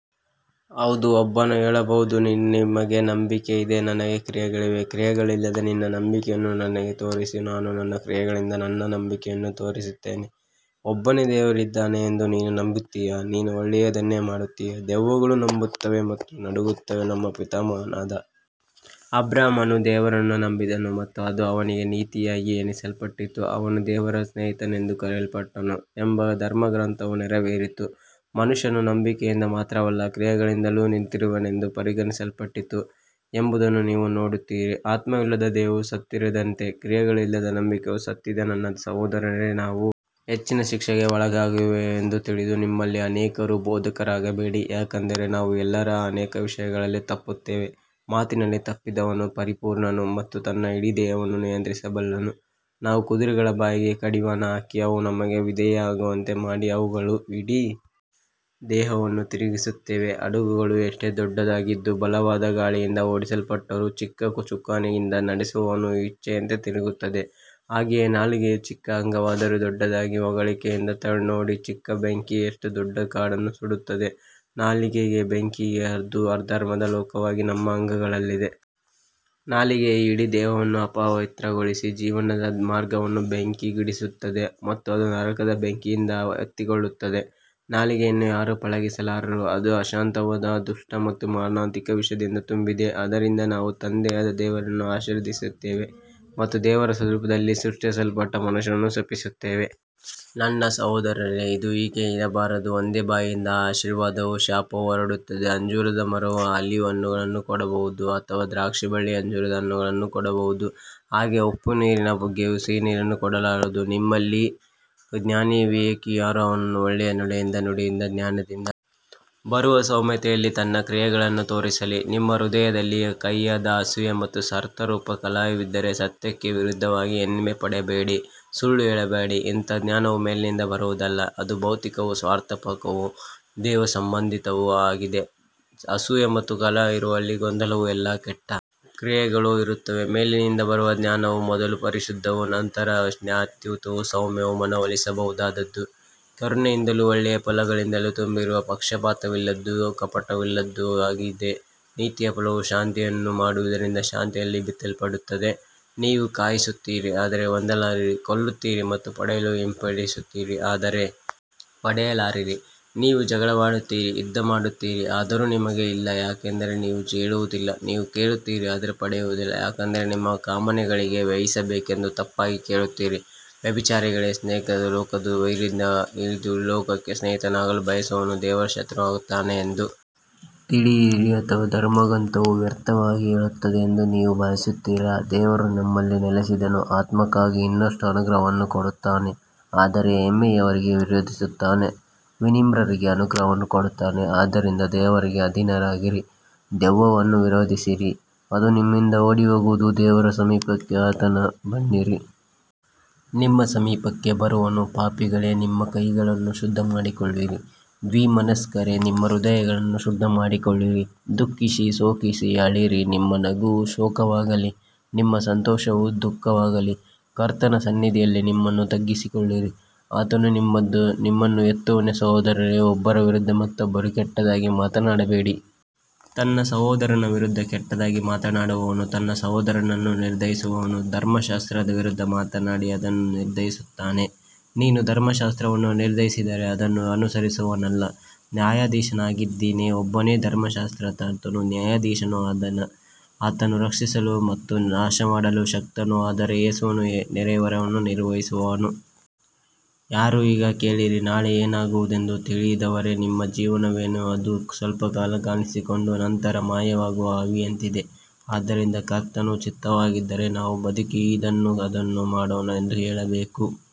ಹೌದು ಒಬ್ಬನು ಹೇಳಬಹುದು ನಿನಗೆ ನಂಬಿಕೆ ಇದೆ ನನಗೆ ಕ್ರಿಯೆಗಳಿವೆ ಕ್ರಿಯೆಗಳಿಲ್ಲದೆ ನಿನ್ನ ನಂಬಿಕೆಯನ್ನು ನನಗೆ ತೋರಿಸು ನಾನು ನನ್ನ ಕ್ರಿಯೆಗಳಿಂದ ನನ್ನ ನಂಬಿಕೆಯನ್ನು ತೋರಿಸುತ್ತೇನೆ ಒಬ್ಬನೇ ದೇವರಿದ್ದಾನೆ ಎಂದು ನೀನು ನಂಬುತ್ತೀಯಾ ನೀನು ಒಳ್ಳೆಯದನ್ನೇ ಮಾಡುತ್ತೀಯೆ ದೆವ್ವಗಳೂ ನಂಬುತ್ತವೆ ಮತ್ತು ನಡುಗುತ್ತವೆ ನಮ್ಮ ಪಿತಾಮಹನಾದ ಅಬ್ರಹಾಮನು ದೇವರನ್ನು ನಂಬಿದನು ಮತ್ತು ಅದು ಅವನಿಗೆ ನೀತಿಯಾಗಿ ಎಣಿಸಲ್ಪಟ್ಟಿತು ಅವನು ದೇವರ ಸ್ನೇಹಿತನೆಂದು ಕರೆಯಲ್ಪಟ್ಟನು ಎಂಬ ಧರ್ಮಗ್ರಂಥವು ನೆರವೇರಿತು ಮನುಷ್ಯನು ನಂಬಿಕೆಯಿಂದ ಮಾತ್ರವಲ್ಲ ಕ್ರಿಯೆಗಳಿಂದಲೂ ನೀತಿವಂತನೆಂದು ಪರಿಗಣಿಸಲ್ಪಡುತ್ತಾನೆ ಎಂಬುದನ್ನು ನೀವು ನೋಡುತ್ತೀರಿ ಆತ್ಮವಿಲ್ಲದ ದೇಹವು ಸತ್ತಿರುವಂತೆಯೇ ಕ್ರಿಯೆಗಳಿಲ್ಲದ ನಂಬಿಕೆಯೂ ಸತ್ತಿದೆ ನನ್ನ ಸಹೋದರರೇ ನಾವು ಹೆಚ್ಚಿನ ಶಿಕ್ಷೆಗೆ ಒಳಗಾಗುವೆವು ಎಂದು ತಿಳಿದು ನಿಮ್ಮಲ್ಲಿ ಅನೇಕರು ಬೋಧಕರಾಗಬೇಡಿ ಯಾಕಂದರೆ ನಾವು ಎಲ್ಲರೂ ಅನೇಕ ವಿಷಯಗಳಲ್ಲಿ ತಪ್ಪುತ್ತೇವೆ ಮಾತಿನಲ್ಲಿ ತಪ್ಪದವನು ಪರಿಪೂರ್ಣನು ಮತ್ತು ತನ್ನ ಇಡೀ ದೇಹವನ್ನು ನಿಯಂತ್ರಿಸಬಲ್ಲನು ನಾವು ಕುದುರೆಗಳ ಬಾಯಿಗೆ ಕಡಿವಾಣ ಹಾಕಿ ಅವು ನಮಗೆ ವಿಧೇಯವಾಗುವಂತೆ ಮಾಡಿ ಅವುಗಳ ಇಡೀ ದೇಹವನ್ನು ತಿರುಗಿಸುತ್ತೇವೆ ಹಡಗುಗಳು ಎಷ್ಟೇ ದೊಡ್ಡದಾಗಿದ್ದು ಬಲವಾದ ಗಾಳಿಯಿಂದ ಓಡಿಸಲ್ಪಟ್ಟರೂ ಚಿಕ್ಕ ಚುಕ್ಕಾಣಿಯಿಂದ ನಡೆಸುವವನ ಇಚ್ಛೆಯಂತೆ ತಿರುಗುತ್ತವೆ ಹಾಗೆಯೇ ನಾಲಿಗೆಯೂ ಚಿಕ್ಕ ಅಂಗವಾದರೂ ದೊಡ್ಡದಾಗಿ ಹೊಗಳಿಕೊಳ್ಳುತ್ತದೆ ನೋಡಿ ಚಿಕ್ಕ ಬೆಂಕಿ ಎಷ್ಟು ದೊಡ್ಡ ಕಾಡನ್ನು ಸುಡುತ್ತದೆ ನಾಲಿಗೆಯೂ ಬೆಂಕಿಯೇ ಅದು ಅಧರ್ಮದ ಲೋಕವಾಗಿದೆ ನಮ್ಮ ಅಂಗಗಳಲ್ಲಿ ನಾಲಿಗೆಯು ಇಡೀ ದೇಹವನ್ನು ಅಪವಿತ್ರಗೊಳಿಸಿ ಜೀವನದ ಮಾರ್ಗವನ್ನು ಬೆಂಕಿಗಿಡುತ್ತದೆ ಮತ್ತು ಅದು ನರಕದ ಬೆಂಕಿಯಿಂದ ಹೊತ್ತಿಕೊಳ್ಳುತ್ತದೆ ನಾಲಿಗೆಯನ್ನು ಯಾರೂ ಪಳಗಿಸಲಾರರು ಅದು ಅಶಾಂತವಾದ ದುಷ್ಟ ಮತ್ತು ಮಾರಣಾಂತಿಕ ವಿಷದಿಂದ ತುಂಬಿದೆ ಅದರಿಂದ ನಾವು ತಂದೆಯಾದ ದೇವರನ್ನು ಆಶೀರ್ವದಿಸುತ್ತೇವೆ ಮತ್ತು ದೇವರ ಸ್ವರೂಪದಲ್ಲಿ ಸೃಷ್ಟಿಸಲ್ಪಟ್ಟ ಮನುಷ್ಯರನ್ನು ಶಪಿಸುತ್ತೇವೆ ನನ್ನ ಸಹೋದರರೇ ಇದು ಹೀಗೆ ಇರಬಾರದು ಒಂದೇ ಬಾಯಿಯಿಂದ ಆಶೀರ್ವಾದವೂ ಶಾಪವೂ ಹೊರಡುತ್ತವೆ ಅಂಜೂರದ ಮರವು ಆಲಿವ್ ಹಣ್ಣುಗಳನ್ನು ಕೊಡಬಹುದೇ ಅಥವಾ ದ್ರಾಕ್ಷಿಬಳ್ಳಿ ಅಂಜೂರದ ಹಣ್ಣುಗಳನ್ನು ಕೊಡಬಹುದೇ ಹಾಗೆಯೇ ಉಪ್ಪುನೀರಿನ ಬುಗ್ಗೆಯು ಸಿಹಿನೀರನ್ನು ಕೊಡಲಾರದು ನಿಮ್ಮಲ್ಲಿ ಜ್ಞಾನಿಯೂ ವಿವೇಕಿಯೂ ಯಾರು ಅವನು ಒಳ್ಳೆಯ ನಡೆನುಡಿಯಿಂದ ಜ್ಞಾನದಿಂದ ಬರುವ ಸೌಮ್ಯತೆಯಲ್ಲಿ ತನ್ನ ಕ್ರಿಯೆಗಳನ್ನು ತೋರಿಸಲಿ ನಿಮ್ಮ ಹೃದಯದಲ್ಲಿ ಕಹಿಯಾದ ಅಸೂಯೆ ಮತ್ತು ಸ್ವಾರ್ಥಪರ ಕಲಹವಿದ್ದರೆ ಸತ್ಯಕ್ಕೆ ವಿರುದ್ಧವಾಗಿ ಹೆಮ್ಮೆಪಡಬೇಡಿ ಸುಳ್ಳು ಹೇಳಬೇಡಿ ಇಂತಹ ಜ್ಞಾನವು ಮೇಲಿನಿಂದ ಬರುವುದಲ್ಲ ಅದು ಭೌತಿಕವೂ ಸ್ವಾರ್ಥಪರವೂ ದೆವ್ವಸಂಬಂಧಿತವೂ ಆಗಿದೆ ಅಸೂಯೆ ಮತ್ತು ಕಲಹ ಇರುವಲ್ಲಿ ಗೊಂದಲವೂ ಎಲ್ಲಾ ಕೆಟ್ಟ ಕ್ರಿಯೆಗಳೂ ಇರುತ್ತವೆ ಮೇಲಿನಿಂದ ಬರುವ ಜ್ಞಾನವು ಮೊದಲು ಪರಿಶುದ್ಧವೂ ನಂತರ ಶಾಂತಿಯುತವೂ ಸೌಮ್ಯವೂ ಮನವೊಲಿಸಬಹುದಾದದ್ದೂ ಕರುಣೆಯಿಂದಲೂ ಒಳ್ಳೆಯ ಫಲಗಳಿಂದಲೂ ತುಂಬಿರುವುದೂ ಪಕ್ಷಪಾತವಿಲ್ಲದ್ದೂ ಕಪಟವಿಲ್ಲದ್ದೂ ಆಗಿದೆ ನೀತಿಯ ಫಲವು ಶಾಂತಿಯನ್ನು ಮಾಡುವವರಿಂದ ಶಾಂತಿಯಲ್ಲಿ ಬಿತ್ತಲ್ಪಡುತ್ತದೆ ನೀವು ಕಾಮಿಸುತ್ತೀರಿ ಆದರೆ ಹೊಂದಲಾರಿರಿ ಕೊಲ್ಲುತ್ತೀರಿ ಮತ್ತು ಪಡೆಯಲು ಬಯಸುತ್ತೀರಿ ಆದರೆ ಪಡೆಯಲಾರಿರಿ ನೀವು ಜಗಳವಾಡುತ್ತೀರಿ ಯುದ್ಧಮಾಡುತ್ತೀರಿ ಆದರೂ ನಿಮಗೆ ಇಲ್ಲ ಯಾಕಂದರೆ ನೀವು ಕೇಳುವುದಿಲ್ಲ ನೀವು ಕೇಳುತ್ತೀರಿ ಆದರೆ ಪಡೆಯುವುದಿಲ್ಲ ಯಾಕಂದರೆ ನಿಮ್ಮ ಕಾಮನೆಗಳಿಗಾಗಿ ವ್ಯಯಿಸಬೇಕೆಂದು ತಪ್ಪಾಗಿ ಕೇಳುತ್ತೀರಿ ವ್ಯಭಿಚಾರಿಗಳೇ ಲೋಕದ ಸ್ನೇಹವು ದೇವರೊಂದಿಗೆ ವೈರವೆಂದು ನಿಮಗೆ ತಿಳಿದಿಲ್ಲವೇ ಲೋಕಕ್ಕೆ ಸ್ನೇಹಿತನಾಗಲು ಬಯಸುವವನು ದೇವರ ಶತ್ರುವಾಗುತ್ತಾನೆ ಎಂದು ತಿಳಿಯಿರಿ ಅಥವಾ ಧರ್ಮಗ್ರಂಥವು ವ್ಯರ್ಥವಾಗಿ ಹೇಳುತ್ತದೆ ಎಂದು ನೀವು ಭಾವಿಸುತ್ತೀರಾ ದೇವರು ನಮ್ಮಲ್ಲಿ ನೆಲೆಸಿಸಿದ ಆತ್ಮಕ್ಕಾಗಿ ಇನ್ನಷ್ಟು ಅನುಗ್ರಹವನ್ನು ಕೊಡುತ್ತಾನೆ ಆದರೆ ಹೆಮ್ಮೆಯವರಿಗೆ ವಿರೋಧಿಸುತ್ತಾನೆ ವಿನಮ್ರರಿಗೆ ಅನುಗ್ರಹವನ್ನು ಕೊಡುತ್ತಾನೆ ಆದ್ದರಿಂದ ದೇವರಿಗೆ ಅಧೀನರಾಗಿರಿ ದೆವ್ವವನ್ನು ವಿರೋಧಿಸಿರಿ ಅದು ನಿಮ್ಮಿಂದ ಓಡಿಹೋಗುವುದು ದೇವರ ಸಮೀಪಕ್ಕೆ ಬನ್ನಿರಿ ಆತನು ನಿಮ್ಮ ಸಮೀಪಕ್ಕೆ ಬರುವನು ಪಾಪಿಗಳೇ ನಿಮ್ಮ ಕೈಗಳನ್ನು ಶುದ್ಧಮಾಡಿಕೊಳ್ಳಿರಿ ದ್ವಿಮನಸ್ಕರೇ ನಿಮ್ಮ ಹೃದಯಗಳನ್ನು ಶುದ್ಧಮಾಡಿಕೊಳ್ಳಿರಿ ದುಃಖಿಸಿ ಶೋಕಿಸಿ ಅಳಿರಿ ನಿಮ್ಮ ನಗುವು ಶೋಕವಾಗಲಿ ನಿಮ್ಮ ಸಂತೋಷವು ದುಃಖವಾಗಲಿ ಕರ್ತನ ಸನ್ನಿಧಿಯಲ್ಲಿ ನಿಮ್ಮನ್ನು ತಗ್ಗಿಸಿಕೊಳ್ಳಿರಿ ಆತನು ನಿಮ್ಮನ್ನು ಎತ್ತುವನು ಸಹೋದರರೇ ಒಬ್ಬರ ವಿರುದ್ಧ ಮತ್ತೊಬ್ಬರು ಕೆಟ್ಟದಾಗಿ ಮಾತನಾಡಬೇಡಿ ತನ್ನ ಸಹೋದರನ ವಿರುದ್ಧ ಕೆಟ್ಟದಾಗಿ ಮಾತನಾಡುವವನೂ ತನ್ನ ಸಹೋದರನನ್ನು ನಿರ್ಣಯಿಸುವವನೂ ಧರ್ಮಶಾಸ್ತ್ರದ ವಿರುದ್ಧ ಮಾತನಾಡಿ ಅದನ್ನು ನಿರ್ಣಯಿಸುತ್ತಾನೆ ನೀನು ಧರ್ಮಶಾಸ್ತ್ರವನ್ನು ನಿರ್ಣಯಿಸಿದರೆ ಅದನ್ನು ಅನುಸರಿಸುವವನಲ್ಲ ನ್ಯಾಯಾಧೀಶನಾಗಿದ್ದೀ ಒಬ್ಬನೇ ಧರ್ಮಶಾಸ್ತ್ರದಾತನೂ ನ್ಯಾಯಾಧೀಶನೂ ಇದ್ದಾನೆ ಆತನು ರಕ್ಷಿಸಲು ಮತ್ತು ನಾಶಮಾಡಲು ಶಕ್ತನು ಆದರೆ ನೀನು ನಿನ್ನ ನೆರೆಯವನನ್ನು ನಿರ್ಣಯಿಸುವವನು ಯಾರು ಈಗ ಕೇಳಿರಿ ನಾಳೆ ಏನಾಗುವುದೆಂದು ತಿಳಿಯದವರೇ ನಿಮ್ಮ ಜೀವನವೇನು ಅದು ಸ್ವಲ್ಪಕಾಲ ಕಾಣಿಸಿಕೊಂಡು ನಂತರ ಮಾಯವಾಗುವ ಆವಿಯಂತಿದೆ ಆದ್ದರಿಂದ ಕರ್ತನ ಚಿತ್ತವಾಗಿದ್ದರೆ ನಾವು ಬದುಕಿ ಇದನ್ನೋ ಅದನ್ನೋ ಮಾಡೋಣ ಎಂದು ಹೇಳಬೇಕು